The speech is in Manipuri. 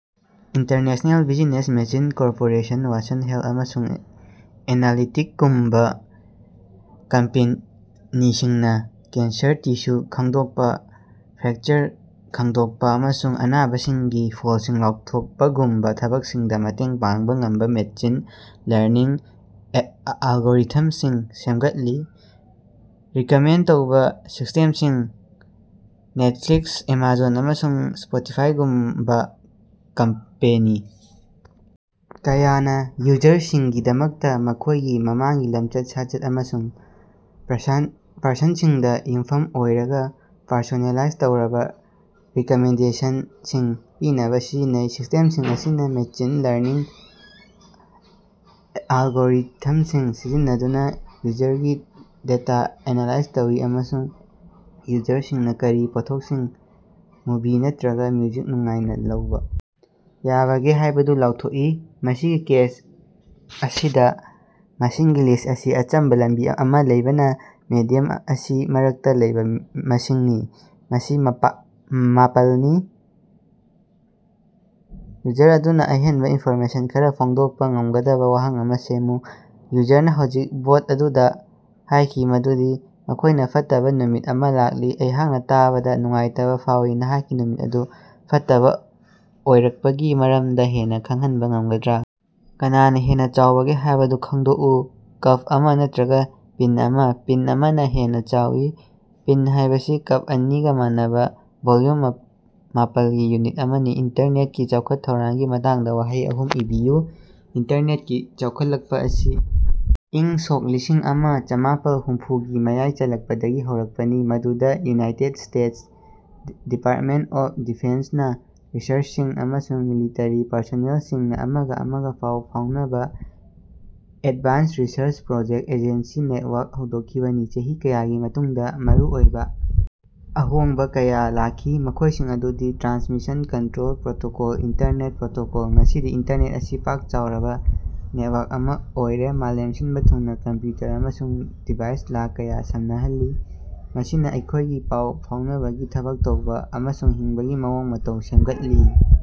International business machine corporation Watson health ꯑꯃꯁꯨꯡ ꯑꯦꯅꯂꯤꯇꯤꯛꯒꯨꯝꯕ ꯀꯝꯄꯦꯅꯤꯁꯤꯡꯅꯥ ꯀꯦꯟꯁꯔ ꯇꯤꯁ꯭ꯌꯨ ꯈꯪꯗꯣꯛꯄꯥ, ꯐ꯭ꯔꯦꯀꯆꯔ ꯈꯪꯗꯣꯛꯄꯥ ꯑꯃꯁꯨꯡ ꯑꯅꯥꯕꯁꯤꯡꯒꯤ ꯐꯂꯁꯤꯡ ꯂꯥꯎꯊꯣꯛꯄꯒꯨꯝꯕꯥ ꯊꯕꯛꯁꯤꯡꯗꯥ ꯃꯇꯦꯡ ꯄꯥꯡꯕ ꯉꯝꯕ ꯃꯦꯁꯤꯟ ꯂꯔꯅꯤꯡ ꯑꯦꯂꯒꯣꯔꯤꯊꯝꯁꯤꯡ ꯁꯦꯝꯒꯠꯂꯤ꯫ꯔꯤꯀꯃꯦꯟꯠ ꯇꯧꯕ ꯁꯤꯁ꯭ꯇꯦꯝꯁꯤꯡ ꯅꯦꯠꯐ꯭ꯂꯤꯛꯁ, ꯑꯦꯃꯥꯖꯣꯟ, ꯑꯃꯁꯨꯡ ꯁ꯭ꯄꯣꯇꯤꯐꯥꯏꯒꯨꯝꯕ ꯀꯝꯄꯦꯅꯤ ꯀꯌꯥꯅꯥ ꯌꯨꯖꯔꯁꯤꯡꯒꯤꯗꯃꯛꯇꯥ ꯃꯈꯣꯏꯒꯤ ꯃꯃꯥꯡꯒꯤ ꯂꯝꯆꯠ-ꯁꯥꯖꯠ ꯑꯃꯁꯨꯡ ꯄ꯭ꯔꯁꯟꯁꯤꯡꯗꯥ ꯌꯨꯝꯐꯝ ꯑꯣꯏꯔꯒꯥ ꯄꯔꯁꯣꯅꯦꯂꯥꯏꯖ ꯇꯧꯔꯕꯥ ꯔꯤꯀꯃꯦꯟꯗꯦꯁꯟꯁꯤꯡ ꯄꯤꯅꯕꯥ ꯁꯤꯖꯤꯟꯅꯩ꯫ ꯁꯤꯁ꯭ꯇꯦꯝꯁꯤꯡ ꯑꯁꯤꯅꯥ ꯃꯦꯁꯤꯟ ꯂꯔꯅꯤꯡ ꯑꯦꯂꯒꯣꯔꯤꯊꯝꯁꯤꯡ ꯁꯤꯖꯤꯟꯅꯗꯨꯅꯥ ꯌꯨꯖꯔꯒꯤ ꯗꯦꯇꯥ ꯑꯦꯅꯥꯂꯥꯏꯖ ꯇꯧꯏ ꯑꯃꯁꯨꯡ ꯌꯨꯖꯔꯁꯤꯡꯅꯥ ꯀꯔꯤ ꯄꯣꯠꯊꯣꯛꯁꯤꯡ, ꯃꯨꯚꯤ ꯅꯠꯇ꯭ꯔꯒꯥ ꯃ꯭ꯌꯨꯖꯤꯛ ꯅꯨꯡꯉꯥꯏꯅ ꯂꯧꯕ ꯌꯥꯕꯒꯦ ꯍꯥꯏꯕꯗꯨ ꯂꯥꯎꯊꯣꯛꯏ꯫ ꯃꯁꯤꯒꯤ ꯀꯦꯁ ꯑꯁꯤꯗꯥ, ꯃꯁꯤꯡꯒꯤ ꯂꯤꯁ꯭ꯠ ꯑꯁꯤ ꯑꯆꯝꯕꯥ ꯂꯝꯕꯤ ꯑꯃꯥ ꯂꯩꯕꯅꯥ, ꯃꯦꯗꯤꯌꯝ ꯑꯁꯤ ꯃꯔꯛꯇꯥ ꯂꯩꯕ ꯃꯁꯤꯡꯅꯤ, ꯃꯁꯤ ꯃꯄꯥꯜꯅꯤ꯫ꯌꯨꯖꯔ ꯑꯗꯨꯅꯥ ꯑꯍꯦꯟꯕꯥ ꯏꯟꯐꯣꯔꯃꯦꯁꯟ ꯈꯔꯥ ꯐꯣꯡꯗꯣꯛꯄꯥ ꯉꯝꯒꯗꯕꯥ ꯋꯥꯍꯪ ꯑꯃꯥ ꯁꯦꯝꯃꯨ꯫ ꯌꯨꯖꯔꯅꯥ ꯍꯧꯖꯤꯛ ꯕꯣꯠ ꯑꯗꯨꯗꯥ ꯍꯥꯏꯈꯤ ꯃꯗꯨꯗꯤ ꯃꯈꯣꯏꯅꯥ ꯐꯠꯇꯕꯥ ꯅꯨꯃꯤꯠ ꯑꯃꯥ ꯂꯥꯛꯂꯤ꯫ ꯑꯩꯍꯥꯛꯅꯥ ꯇꯥꯕꯗꯥ ꯅꯨꯡꯉꯥꯏꯇꯕꯥ ꯐꯥꯎꯏ, ꯅꯍꯥꯛꯀꯤ ꯅꯨꯃꯤꯠ ꯑꯗꯨ ꯐꯠꯇꯕꯥ ꯑꯣꯏꯔꯛꯄꯒꯤ ꯃꯔꯝꯗꯥ ꯍꯦꯟꯅꯥ ꯈꯪꯍꯟꯕꯥ ꯉꯝꯒꯗ꯭ꯔꯥ? ꯀꯅꯥꯅꯥ ꯍꯦꯟꯅꯥ ꯆꯥꯎꯕꯒꯦ ꯍꯥꯏꯕꯗꯨ ꯈꯪꯗꯣꯛꯎ꯫ ꯀꯞ ꯑꯃꯥ ꯅꯠꯇ꯭ꯔꯒꯥ ꯄꯤꯟꯇ ꯑꯃꯥ? ꯄꯤꯟꯇ ꯑꯃꯅꯥ ꯍꯦꯟꯅꯥ ꯆꯥꯎꯏ꯫ ꯄꯤꯟꯇ ꯍꯥꯏꯕꯁꯤ ꯀꯞ ꯑꯅꯤꯒꯥ ꯃꯥꯟꯅꯕꯥ ꯚꯣꯜꯌꯨꯝ ꯃꯥꯄꯜꯒꯤ ꯌꯨꯅꯤꯠ ꯑꯃꯅꯤ꯫ ꯏꯟꯇꯔꯅꯦꯠꯀꯤ ꯆꯥꯎꯈꯠ ꯊꯧꯔꯥꯡꯒꯤ ꯃꯇꯥꯡꯗꯥ ꯋꯥꯍꯩ ꯑꯍꯨꯝ ꯏꯕꯤꯌꯨ꯫ ꯏꯟꯇꯔꯅꯦꯠꯀꯤ ꯆꯥꯎꯈꯠꯂꯛꯄꯥ ꯑꯁꯤ ꯏꯪ ꯁꯣꯛ ꯂꯤꯁꯤꯡ ꯑꯃꯥ ꯆꯥꯃꯄꯥꯜ ꯍꯨꯝꯐꯨꯒꯤ ꯃꯌꯥꯏ ꯆꯜꯂꯛꯄꯗꯒꯤ ꯍꯧꯔꯛꯄꯅꯤ, ꯃꯗꯨꯗꯥ ꯌꯨꯅꯥꯏꯇꯦꯗ ꯁ꯭ꯇꯦꯇꯁ ꯗꯤꯄꯥꯔꯇꯃꯦꯟꯠ ꯑꯣꯐ ꯗꯤꯐꯦꯟꯁꯅꯥ ꯔꯤꯁꯔꯆꯔꯁꯤꯡ ꯑꯃꯁꯨꯡ ꯃꯤꯂꯤꯇꯔꯤ ꯄꯔꯁꯣꯅꯦꯜꯁꯤꯡꯅꯥ ꯑꯃꯒꯥ ꯑꯃꯒꯥ ꯄꯥꯎ ꯐꯥꯎꯅꯕꯥ Advanced Research Project Agency Network ꯍꯧꯗꯣꯛꯈꯤꯕꯅꯤ꯫ ꯆꯍꯤ ꯀꯌꯥꯒꯤ ꯃꯇꯨꯡꯗꯥ ꯃꯔꯨꯑꯣꯏꯕ ꯑꯍꯣꯡꯕꯥ ꯀꯌꯥ ꯑꯃꯥ ꯂꯥꯛꯈꯤ, ꯃꯈꯣꯏꯁꯤꯡ ꯑꯗꯨꯗꯤ Transmission Control Protocol Internet Protocol. ꯉꯁꯤꯗꯤ ꯏꯟꯇꯔꯅꯦꯠ ꯑꯁꯤ ꯄꯥꯛ ꯆꯥꯎꯔꯕꯥ ꯅꯦꯇꯋꯥꯔꯛ ꯑꯃꯥ ꯑꯣꯏꯔꯦ, ꯃꯥꯂꯦꯝ ꯁꯤꯟꯕꯥ ꯊꯨꯡꯅꯥ ꯀꯝꯞꯌꯨꯇꯔ ꯑꯃꯁꯨꯡ ꯗꯤꯚꯥꯏꯁ ꯂꯥꯛ ꯀꯌꯥ ꯁꯝꯅꯍꯜꯂꯤ, ꯃꯁꯤꯅꯥ ꯑꯩꯈꯣꯌꯒꯤ ꯄꯥꯎ ꯐꯥꯎꯅꯕꯒꯤ, ꯊꯕꯛ ꯇꯧꯕ ꯑꯃꯁꯨꯡ ꯍꯤꯡꯕꯒꯤ ꯃꯑꯣꯡ ꯃꯇꯧ ꯁꯦꯝꯒꯠꯂꯤ꯫